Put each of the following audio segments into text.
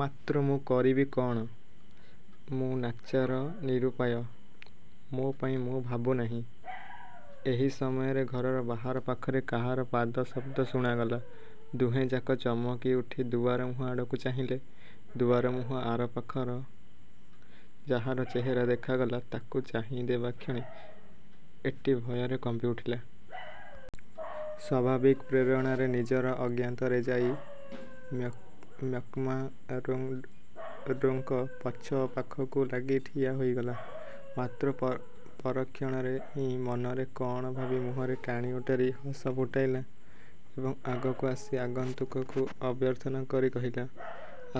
ମାତ୍ର ମୁଁ କରିବି କଅଣ? ମୁଁ ନାଚାର–ନିରୁପାୟ। ମୋ ପାଇଁ ମୁଁ ଭାବୁ ନାହିଁ। '' ଏହି ସମୟରେ ଘରର ବାହାର ପାଖରେ କାହାର ପାଦଶବ୍ଦ ଶୁଣାଗଲା। ଦୁହେଁଯାକ ଚମକିଉଠି ଦୁଆରମୁହଁ ଆଡ଼କୁ ଚାହିଁଲେ। ଦୁଆରମୁହଁ ଆରପାଖରେ ଯାହାର ଚେହେରା ଦେଖାଗଲା, ତାକୁ ଚାହିଁଦେବାକ୍ଷଣି ଏଟ୍ଟି ଭୟରେ କମ୍ପିଉଠିଲା। ସ୍ୱାଭାବିକ ପ୍ରେରଣାରେ ନିଜର ଅଜ୍ଞାତରେ ଯାଇ ମ୍ୟାକ୍ମାର୍ଡ଼ୋଙ୍କ ପଛପାଖକୁ ଲାଗି ଠିଆ ହୋଇଗଲା। ମାତ୍ର ପରକ୍ଷଣରେ ହିଁ ମନରେ କଅଣ ଭାବି ମୁହଁରେ ଟାଣିଓଟାରି ହସ ଫୁଟାଇଲା ଏବଂ ଆଗକୁ ଆସି ଆଗନ୍ତୁକକୁ ଅଭ୍ୟର୍ଥନା କରି କହିଲା,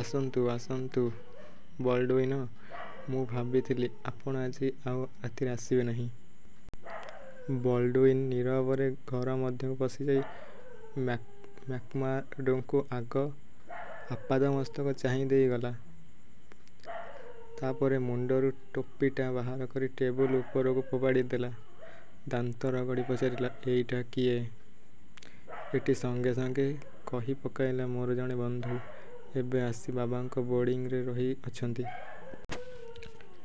''ଆସନ୍ତୁ, ଆସନ୍ତୁ ବଲ୍ଡ଼ୁଇନ! ମୁଁ ଭାବିଥିଲି, ଆପଣ ଆଜି ଆଉ ରାତିରେ ଆସିବେ ନାହିଁ। '' ବଲ୍ଡ଼ୁଇନ ନୀରବରେ ଘରମଧ୍ୟକୁ ପଶିଯାଇ ମ୍ୟାକ୍ମାର୍ଡ଼ୋଙ୍କୁ ଆଗ ଆପାଦମସ୍ତକ ଚାହିଁଦେଇଗଲା। ତା ପରେ ମୁଣ୍ଡରୁ ଟୋପିଟା ବାହାର କରି ଟେବୁଲ ଉରପକୁ ଫୋପାଡ଼ିଦେଲା। ଦାନ୍ତ ରଗଡ଼ି ପଚାରିଲା, ''ଏଇଟା କିଏ? '' ଏଟ୍ଟି ସଙ୍ଗେସଙ୍ଗେ କହିପକାଇଲା, ''ମୋର ଜଣେ ବନ୍ଧୁ। ଏବେ ଆସି ବାବାଙ୍କ ବୋର୍ଡ଼ିଂରେ ରହିଅଛନ୍ତି।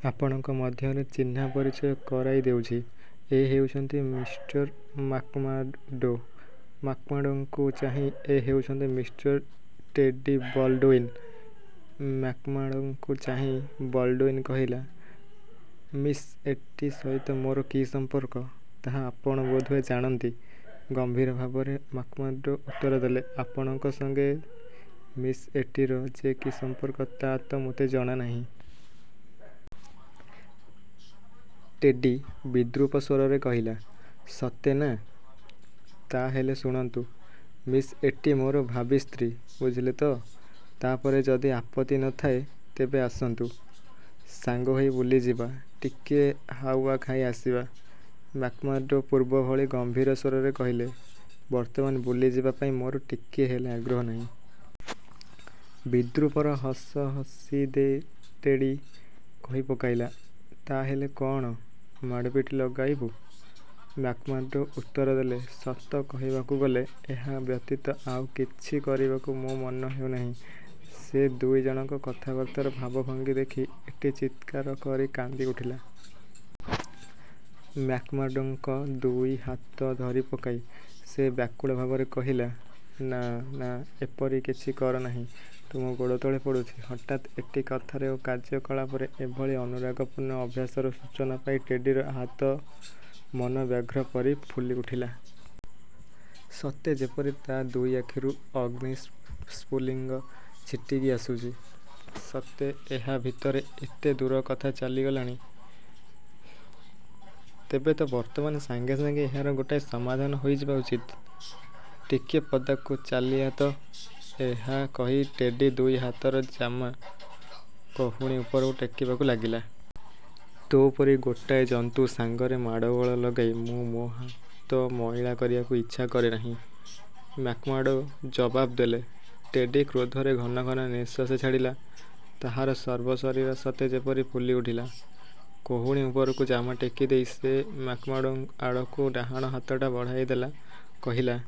ଆପଣଙ୍କ ମଧ୍ୟରେ ଚିହ୍ନାପରିଚୟ କରାଇଦେଉଛି। ଏ ହେଉଛନ୍ତି ମିଷ୍ଟର ମାକ୍ମାର୍ଡ଼ୋ। '' ମ୍ୟାକ୍ମାର୍ଡ଼ୋଙ୍କୁ ଚାହିଁ–''ଏ ହେଉଛନ୍ତି ମିଷ୍ଟର ଟେଡ଼ି ବଲ୍ଡ଼ୁଇନ। '' ମ୍ୟାକ୍ମାର୍ଡ଼ୋଙ୍କୁ ଚାହିଁ ବଲ୍ଡ଼ୁଇନ କହିଲା, ''ମିସ୍ ଏଟ୍ଟି ସହିତ ମୋର କି ସମ୍ପର୍କ, ତାହା ଆପଣ ବୋଧହୁଏ ଜାଣନ୍ତି। '' ଗମ୍ଭୀର ଭାବରେ ମାକ୍ମାର୍ଡ଼ୋ ଉତ୍ତରଦେଲେ, ''ଆପଣଙ୍କ ସଙ୍ଗେ ମିସ୍ ଏଟ୍ଟିର ଯେ କି ସମ୍ପର୍କ, ତା ତ ମୋତେ ଜଣା ନାହିଁ। '' ଟେଡ଼ି ବିଦ୍ରୂପ ସ୍ୱରରେ କହିଲା, ''ସତେ ନା? ତା ହେଲେ ଶୁଣନ୍ତୁ, ମିସ୍ ଏଟ୍ଟି ମୋର ଭାବୀ ସ୍ତ୍ରୀ, ବୁଝିଲେ ତ? ତା ପରେ ଯଦି ଆପତ୍ତି ନ ଥାଏ, ତେବେ ଆସନ୍ତୁ। ସାଙ୍ଗ ହୋଇ ବୁଲିଯିବା, ଟିକିଏ ହାଉଆ ଖାଇ ଆସିବା। '' ମ୍ୟାକ୍ମାର୍ଡ଼ୋ ପୂର୍ବଭଳି ଗମ୍ଭୀର ସ୍ୱରରେ କହିଲେ, ''ବର୍ତ୍ତମାନ ବୁଲିଯିବା ପାଇଁ ମୋର ଟିକିଏ ହେଲେ ଆଗ୍ରହ ନାହିଁ। '' ବିଦ୍ରୂପର ହସ ହସି ଟେଡ଼ି କହିପକାଇଲା, ''ତା ହେଲେ କଅଣ ମାଡ଼ପିଟ ଲଗାଇବୁ? '' ମ୍ୟାକ୍ମାର୍ଡ଼ୋ ଉତ୍ତରଦେଲେ, ''ସତ କହିବାକୁ ଗଲେ, ଏହା ବ୍ୟତୀତ ଆଉ କିଛି କରିବାକୁ ମୋ ମନ ହେଉ ନାହିଁ। '' ସେ ଦୁଇ ଜଣଙ୍କ କଥାବାର୍ତ୍ତାର ଭାବଭଙ୍ଗୀ ଦେଖି ଏଟ୍ଟି ଚିତ୍କାରକରି କାନ୍ଦିଉଠିଲା। ମ୍ୟାକ୍ମାର୍ଡ଼ୋଙ୍କ ଦୁଇ ହାତ ଧରିପକାଇ ସେ ବ୍ୟାକୁଳ ଭାବରେ କହିଲା, ''ନା ନା, ଏପରି କିଛି କର ନାହିଁ, ତୁମ ଗୋଡ଼ତଳେ ପଡ଼ୁଛି। '' ହଠାତ୍ ଏଟ୍ଟି କଥାରେ ଓ କାର୍ଯ୍ୟକଳାପରେ ଏଭଳି ଅନୁରାଗପୂର୍ଣ୍ଣ ଆଭାସର ସୂଚନା ପାଇ ଟେଡ଼ିର ଆହତ ମନ ବ୍ୟାଘ୍ର ପରି ଫୁଲିଉଠିଲା। ସତେ ଯେପରି ତା ଦୁଇ ଆଖିରୁ ଅଗ୍ନିସ୍ଫୁଲିଙ୍ଗ ଛିଟିକି ଆସୁଛି। ''ସତେ! ଏହା ଭିତରେ ଏତେ ଦୂର କଥା ଚାଲିଗଲାଣି? ତେବେ ତ ବର୍ତ୍ତମାନ ସାଙ୍ଗେସାଙ୍ଗେ ଏହାର ଗୋଟାଏ ସମାଧାନ ହୋଇଯିବା ଉଚିତ। ଟିକିଏ ପଦାକୁ ଚାଲିଆ ତ। '' ଏହା କହି ଟେଡ଼ି ଦୁଇ ହାତର ଜାମା କହୁଣି ଉପରକୁ ଟେକିବାକୁ ଲାଗିଲା। ''ତୋ ପରି ଗୋଟାଏ ଜନ୍ତୁ ସାଙ୍ଗରେ ମାଡ଼ଗୋଳ ଲଗାଇ ମୁଁ ମୋ ହାତ ମଇଳା କରିବାକୁ ଇଚ୍ଛା କରେ ନାହିଁ। '' –ମ୍ୟାକ୍ମାର୍ଡ଼ୋ ଜବାବ ଦେଲେ। ଟେଡ଼ି କ୍ରୋଧରେ ଘନଘନ ନିଃଶ୍ୱାସ ଛାଡ଼ିଲା। ତାହାର ସର୍ବଶରୀର ସତେ ଯେପରି ଫୁଲିଉଠିଲା। କହୁଣି ଉପରକୁ ଜାମା ଟେକିଦେଇ ସେ ମ୍ୟାକ୍ମାର୍ଡ଼ୋ ଆଡ଼କୁ ଡାହାଣ ହାତଟା ବଢ଼ାଇଦେଲା। କହିଲା,